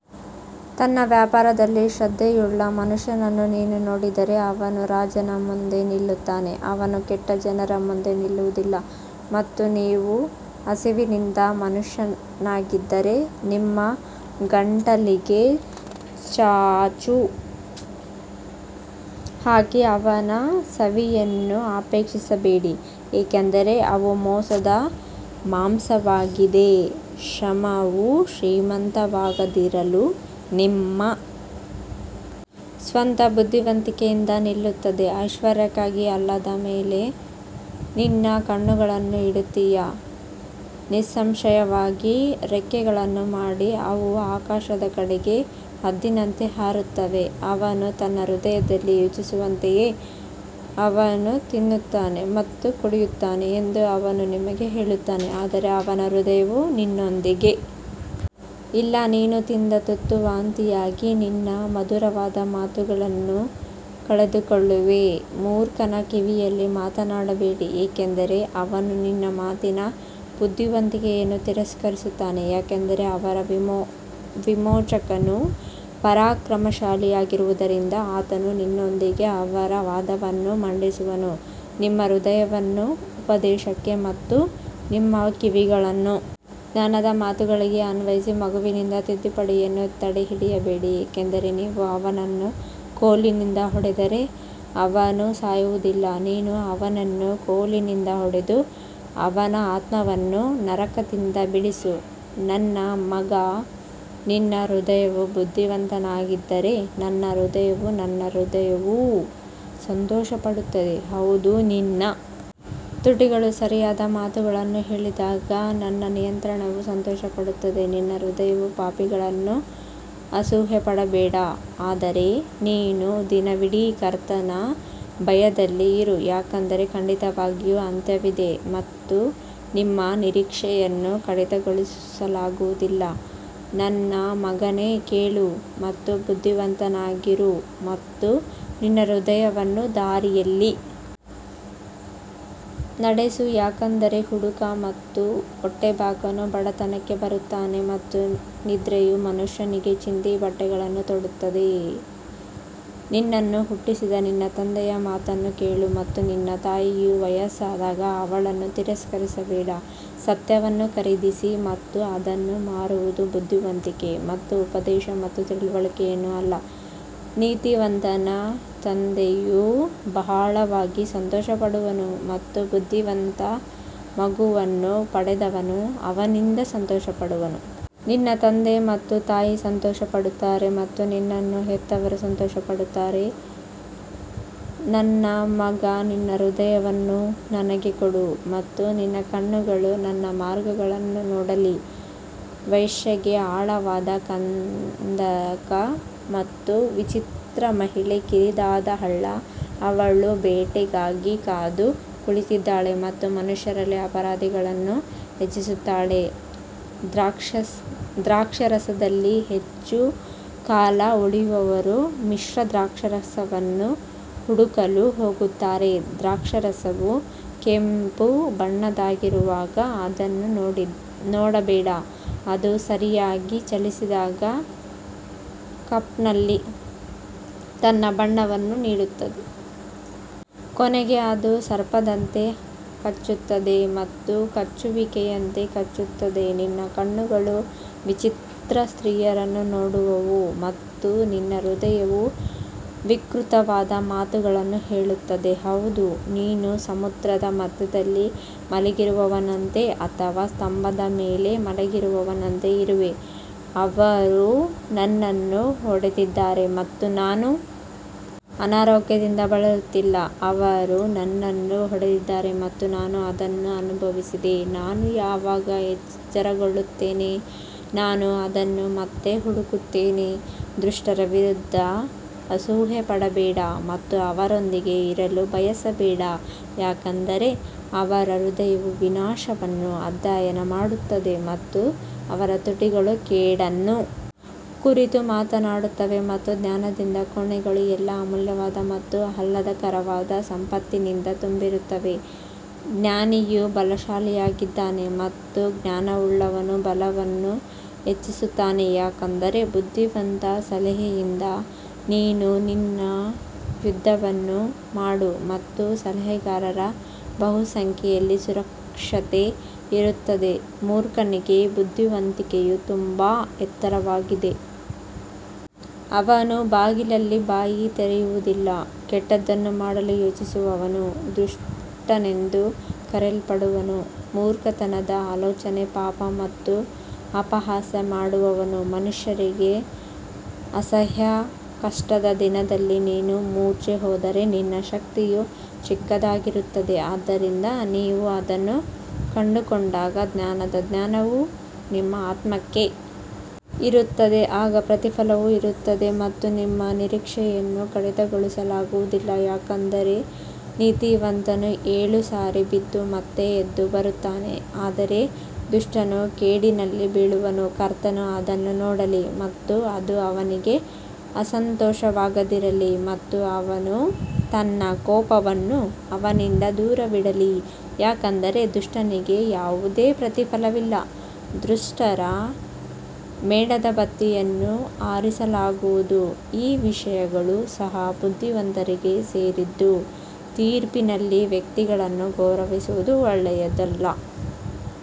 ತನ್ನ ವ್ಯವಹಾರದಲ್ಲಿ ಶ್ರದ್ಧೆಯುಳ್ಳ ಮನುಷ್ಯನನ್ನು ನೀನು ನೋಡಿದರೆ ಅವನು ರಾಜರ ಮುಂದೆ ನಿಲ್ಲುತ್ತಾನೆ, ಅವನು ಕೆಟ್ಟ ಜನರ ಮುಂದೆ ನಿಲ್ಲುವುದಿಲ್ಲ ಮತ್ತು ನೀವು ಹಸಿವಿನಿಂದ ಮನುಷ್ಯನಾಗಿದ್ದರೆ ನಿಮ್ಮ ಗಂಟಲಿಗೆ ಚಾಕು ಹಾಕಿ ಅವನ ಸವಿಯನ್ನು ಅಪೇಕ್ಷಿಸಬೇಡಿ ಏಕೆಂದರೆ ಅವು ಮೋಸದ ಮಾಂಸವಾಗಿದೆ ಶ್ರಮವು ಶ್ರೀಮಂತವಾಗದಿರಲು ನಿಮ್ಮ ಸ್ವಂತ ಬುದ್ಧಿವಂತಿಕೆಯಿಂದ ನಿಲ್ಲುತ್ತದೆ ಐಶ್ವರ್ಯಕ್ಕಾಗಿ ಅಲ್ಲದ ಮೇಲೆ ನಿನ್ನ ಕಣ್ಣುಗಳನ್ನು ಇಡುತ್ತೀಯಾ ನಿಸ್ಸಂಶಯವಾಗಿ ರೆಕ್ಕೆಗಳನ್ನು ಮಾಡಿ ಅವು ಆಕಾಶದ ಕಡೆಗೆ ಹದ್ದಿನಂತೆ ಹಾರುತ್ತವೆ ಅವನು ತನ್ನ ಹೃದಯದಲ್ಲಿ ಯೋಚಿಸುವಂತೆಯೇ ಅವನು ತಿನ್ನುತ್ತಾನೆ ಮತ್ತು ಕುಡಿಯುತ್ತಾನೆ ಎಂದು ಅವನು ನಿಮಗೆ ಹೇಳುತ್ತಾನೆ ಆದರೆ ಅವನ ಹೃದಯವು ನಿನ್ನೊಂದಿಗೆ ಇಲ್ಲ ನೀನು ತಿಂದ ತುತ್ತು ವಾಂತಿಯಾಗಿ ನಿನ್ನ ಮಧುರವಾದ ಮಾತುಗಳನ್ನು ಕಳೆದುಕೊಳ್ಳುವೆ ಮೂರ್ಖನ ಕಿವಿಯಲ್ಲಿ ಮಾತನಾಡಬೇಡಿ ಏಕೆಂದರೆ ಅವನು ನಿನ್ನ ಮಾತಿನ ಬುದ್ಧಿವಂತಿಕೆಯನ್ನು ತಿರಸ್ಕರಿಸುತ್ತಾನೆ ಯಾಕಂದರೆ ಅವರ ವಿಮೋಚಕನು ಪರಾಕ್ರಮಶಾಲಿಯಾಗಿರುವುದರಿಂದ ಆತನು ನಿನ್ನೊಂದಿಗೆ ಅವರ ವಾದವನ್ನು ಮಂಡಿಸುವನು ನಿಮ್ಮ ಹೃದಯವನ್ನು ಉಪದೇಶಕ್ಕೆ ಮತ್ತು ನಿಮ್ಮ ಕಿವಿಗಳನ್ನು ಜ್ಞಾನದ ಮಾತುಗಳಿಗೆ ಅನ್ವಯಿಸಿ ಮಗುವಿನಿಂದ ತಿದ್ದುಪಡಿಯನ್ನು ತಡೆಹಿಡಿಯಬೇಡಿ ಏಕೆಂದರೆ ನೀವು ಅವನನ್ನು ಕೋಲಿನಿಂದ ಹೊಡೆದರೆ ಅವನು ಸಾಯುವುದಿಲ್ಲ ನೀನು ಅವನನ್ನು ಕೋಲಿನಿಂದ ಹೊಡೆದು ಅವನ ಆತ್ಮವನ್ನು ನರಕದಿಂದ ಬಿಡಿಸು ನನ್ನ ಮಗ ನಿನ್ನ ಹೃದಯವು ಬುದ್ಧಿವಂತವಾಗಿದ್ದರೆ ನನ್ನ ಹೃದಯವು ನನ್ನ ಹೃದಯವೂ ಸಂತೋಷಪಡುತ್ತದೆ ಹೌದು ನಿನ್ನ ತುಟಿಗಳು ಸರಿಯಾದ ಮಾತುಗಳನ್ನು ಹೇಳಿದಾಗ ನನ್ನ ನಿಯಂತ್ರಣವು ಸಂತೋಷಪಡುತ್ತದೆ ನಿನ್ನ ಹೃದಯವು ಪಾಪಿಗಳನ್ನು ಅಸೂಯೆಪಡಬೇಡ, ಆದರೆ ನೀನು ದಿನವಿಡೀ ಕರ್ತನ ಭಯದಲ್ಲಿ ಇರು ಯಾಕಂದರೆ ಖಂಡಿತವಾಗಿಯೂ ಅಂತ್ಯವಿದೆ ಮತ್ತು ನಿಮ್ಮ ನಿರೀಕ್ಷೆಯನ್ನು ಕಡಿತಗೊಳಿಸಲಾಗುವುದಿಲ್ಲ ನನ್ನ ಮಗನೇ ಕೇಳು ಮತ್ತು ಬುದ್ಧಿವಂತನಾಗಿರು ಮತ್ತು ನಿನ್ನ ಹೃದಯವನ್ನು ದಾರಿಯಲ್ಲಿ ನಡೆಸು ಯಾಕಂದರೆ ಕುಡುಕ ಮತ್ತು ಹೊಟ್ಟೆಬಾಕನು ಬಡತನಕ್ಕೆ ಬರುತ್ತಾನೆ ಮತ್ತು ನಿದ್ರೆಯು ಮನುಷ್ಯನಿಗೆ ಚಿಂದಿ ಬಟ್ಟೆಗಳನ್ನು ತೊಡುತ್ತದೆ ನಿನ್ನನ್ನು ಹುಟ್ಟಿಸಿದ ನಿನ್ನ ತಂದೆಯ ಮಾತನ್ನು ಕೇಳು ಮತ್ತು ನಿನ್ನ ತಾಯಿಯು ವಯಸ್ಸಾದಾಗ ಅವಳನ್ನು ತಿರಸ್ಕರಿಸಬೇಡ ಸತ್ಯವನ್ನು ಖರೀದಿಸಿ ಮತ್ತು ಅದನ್ನು ಮಾರುವುದು ಬುದ್ಧಿವಂತಿಕೆ ಮತ್ತು ಉಪದೇಶ ಮತ್ತು ತಿಳುವಳಿಕೆಯನ್ನು ಅಲ್ಲ ನೀತಿವಂತನ ತಂದೆಯು ಬಹಳವಾಗಿ ಸಂತೋಷಪಡುವನು ಮತ್ತು ಬುದ್ಧಿವಂತ ಮಗುವನ್ನು ಪಡೆದವನು ಅವನಿಂದ ಸಂತೋಷಪಡುವನು. ನಿನ್ನ ತಂದೆ ಮತ್ತು ತಾಯಿ ಸಂತೋಷಪಡುತ್ತಾರೆ ಮತ್ತು ನಿನ್ನನ್ನು ಹೆತ್ತವರು ಸಂತೋಷಪಡುತ್ತಾರೆ ನನ್ನ ಮಗ ನಿನ್ನ ಹೃದಯವನ್ನು ನನಗೆ ಕೊಡು ಮತ್ತು ನಿನ್ನ ಕಣ್ಣುಗಳು ನನ್ನ ಮಾರ್ಗಗಳನ್ನು ನೋಡಲಿ ವೇಶ್ಯೆಗೆ ಆಳವಾದ ಕಂದಕ ಮತ್ತು ವಿಚಿತ್ರ ಮಹಿಳೆ ಕಿರಿದಾದ ಹಳ್ಳ ಅವಳು ಬೇಟೆಗಾಗಿ ಕಾದು ಕುಳಿತಿದ್ದಾಳೆ ಮತ್ತು ಮನುಷ್ಯರಲ್ಲಿ ಅಪರಾಧಿಗಳನ್ನು ಹೆಚ್ಚಿಸುತ್ತಾಳೆ ದ್ರಾಕ್ಷಾರಸದಲ್ಲಿ ಹೆಚ್ಚು ಕಾಲ ಉಳಿಯುವವರು ಮಿಶ್ರ ದ್ರಾಕ್ಷಾರಸವನ್ನು ಹುಡುಕಲು ಹೋಗುತ್ತಾರೆ ದ್ರಾಕ್ಷಾರಸವು ಕೆಂಪು ಬಣ್ಣದ್ದಾಗಿರುವಾಗ ಅದನ್ನು ನೋಡಬೇಡಿ, ಅದು ಸರಿಯಾಗಿ ಚಲಿಸಿದಾಗ ಕಪ್ನಲ್ಲಿ ತನ್ನ ಬಣ್ಣವನ್ನು ನೀಡುತ್ತದೆ. ಕೊನೆಗೆ ಅದು ಸರ್ಪದಂತೆ ಕಚ್ಚುತ್ತದೆ ಮತ್ತು ಕಚ್ಚುವಿಕೆಯಂತೆ ಕಚ್ಚುತ್ತದೆ ನಿನ್ನ ಕಣ್ಣುಗಳು ವಿಚಿತ್ರ ಸ್ತ್ರೀಯರನ್ನು ನೋಡುವವು ಮತ್ತು ನಿನ್ನ ಹೃದಯವು ವಿಕೃತವಾದ ಮಾತುಗಳನ್ನು ಹೇಳುತ್ತದೆ ಹೌದು ನೀನು ಸಮುದ್ರದ ಮಧ್ಯದಲ್ಲಿ ಮಲಗಿರುವವನಂತೆ ಅಥವಾ ಸ್ತಂಭದ ಮೇಲೆ ಮಲಗಿರುವವನಂತೆ ಇರುವೆ ಅವರು ನನ್ನನ್ನು ಹೊಡೆದಿದ್ದಾರೆ ಮತ್ತು ನಾನು ಅನಾರೋಗ್ಯದಿಂದ ಬಳಲುತ್ತಿಲ್ಲ, ಅವರು ನನ್ನನ್ನು ಹೊಡೆದಿದ್ದಾರೆ ಮತ್ತು ನಾನು ಅದನ್ನು ಅನುಭವಿಸಿದೆ ನಾನು ಯಾವಾಗ ಎಚ್ಚರಗೊಳ್ಳುತ್ತೇನೆ ನಾನು ಅದನ್ನು ಮತ್ತೆ ಹುಡುಕುತ್ತೇನೆ ದುಷ್ಟರ ವಿರುದ್ಧ ಅಸೂಯೆಪಡಬೇಡ ಮತ್ತು ಅವರೊಂದಿಗೆ ಇರಲು ಬಯಸಬೇಡ ಯಾಕಂದರೆ ಅವರ ಹೃದಯವು ವಿನಾಶವನ್ನು ಅಧ್ಯಯನ ಮಾಡುತ್ತದೆ ಮತ್ತು ಅವರ ತುಟಿಗಳು ಕೇಡನ್ನು ಕುರಿತು ಮಾತನಾಡುತ್ತವೆ ಮತ್ತು ಜ್ಞಾನದಿಂದ ಕೋಣೆಗಳು ಎಲ್ಲಾ ಅಮೂಲ್ಯವಾದ ಮತ್ತು ಆಹ್ಲಾದಕರವಾದ ಸಂಪತ್ತಿನಿಂದ ತುಂಬಿರುತ್ತವೆ ಜ್ಞಾನಿಯು ಬಲಶಾಲಿಯಾಗಿದ್ದಾನೆ ಮತ್ತು ಜ್ಞಾನವುಳ್ಳವನು ಬಲವನ್ನು ಹೆಚ್ಚಿಸುತ್ತಾನೆ ಯಾಕಂದರೆ ಬುದ್ಧಿವಂತ ಸಲಹೆಯಿಂದ ನೀನು ನಿನ್ನ ಯುದ್ಧವನ್ನು ಮಾಡು ಮತ್ತು ಸಲಹೆಗಾರರ ಬಹುಸಂಖ್ಯೆಯಲ್ಲಿ ಸುರಕ್ಷತೆ ಇರುತ್ತದೆ ಮೂರ್ಖನಿಗೆ ಬುದ್ಧಿವಂತಿಕೆಯು ತುಂಬಾ ಎತ್ತರವಾಗಿದೆ, ಅವನು ಬಾಗಿಲಲ್ಲಿ ಬಾಯಿ ತೆರೆಯುವುದಿಲ್ಲ ಕೆಟ್ಟದ್ದನ್ನು ಮಾಡಲು ಯೋಚಿಸುವವನು ದುಷ್ಟನೆಂದು ಕರೆಯಲ್ಪಡುವನು ಮೂರ್ಖತನದ ಆಲೋಚನೆ ಪಾಪ ಮತ್ತು ಅಪಹಾಸ್ಯ ಮಾಡುವವನು ಮನುಷ್ಯರಿಗೆ ಅಸಹ್ಯ ಕಷ್ಟದ ದಿನದಲ್ಲಿ ನೀನು ಮೂರ್ಛೆ ಹೋದರೆ ನಿನ್ನ ಶಕ್ತಿಯು ಚಿಕ್ಕದಾಗಿರುತ್ತದೆ ಆದ್ದರಿಂದ ನೀವು ಅದನ್ನು ಕಂಡುಕೊಂಡಾಗ ಜ್ಞಾನದ ಜ್ಞಾನವು ನಿಮ್ಮ ಆತ್ಮಕ್ಕೆ ಇರುತ್ತದೆ, ಆಗ ಪ್ರತಿಫಲವು ಇರುತ್ತದೆ ಮತ್ತು ನಿಮ್ಮ ನಿರೀಕ್ಷೆಯನ್ನು ಕಡಿತಗೊಳಿಸಲಾಗುವುದಿಲ್ಲ ಯಾಕಂದರೆ ನೀತಿವಂತನು ಏಳು ಸಾರಿ ಬಿದ್ದು ಮತ್ತೆ ಎದ್ದು ಬರುತ್ತಾನೆ ಆದರೆ ದುಷ್ಟನು ಕೇಡಿನಲ್ಲಿ ಬೀಳುವನು ಕರ್ತನು ಅದನ್ನು ನೋಡಲಿ ಮತ್ತು ಅದು ಅವನಿಗೆ ಅಸಂತೋಷವಾಗದಿರಲಿ ಮತ್ತು ಅವನು ತನ್ನ ಕೋಪವನ್ನು ಅವನಿಂದ ದೂರವಿಡಲಿ ಯಾಕಂದರೆ ದುಷ್ಟನಿಗೆ ಯಾವುದೇ ಪ್ರತಿಫಲವಿಲ್ಲ ದುಷ್ಟರ ಮೇಣದಬತ್ತಿಯನ್ನು ಆರಿಸಲಾಗುವುದು ಈ ವಿಷಯಗಳು ಸಹ ಬುದ್ಧಿವಂತರಿಗೆ ಸೇರಿದ್ದು ತೀರ್ಪಿನಲ್ಲಿ ವ್ಯಕ್ತಿಗಳನ್ನು ಗೌರವಿಸುವುದು ಒಳ್ಳೆಯದಲ್ಲ.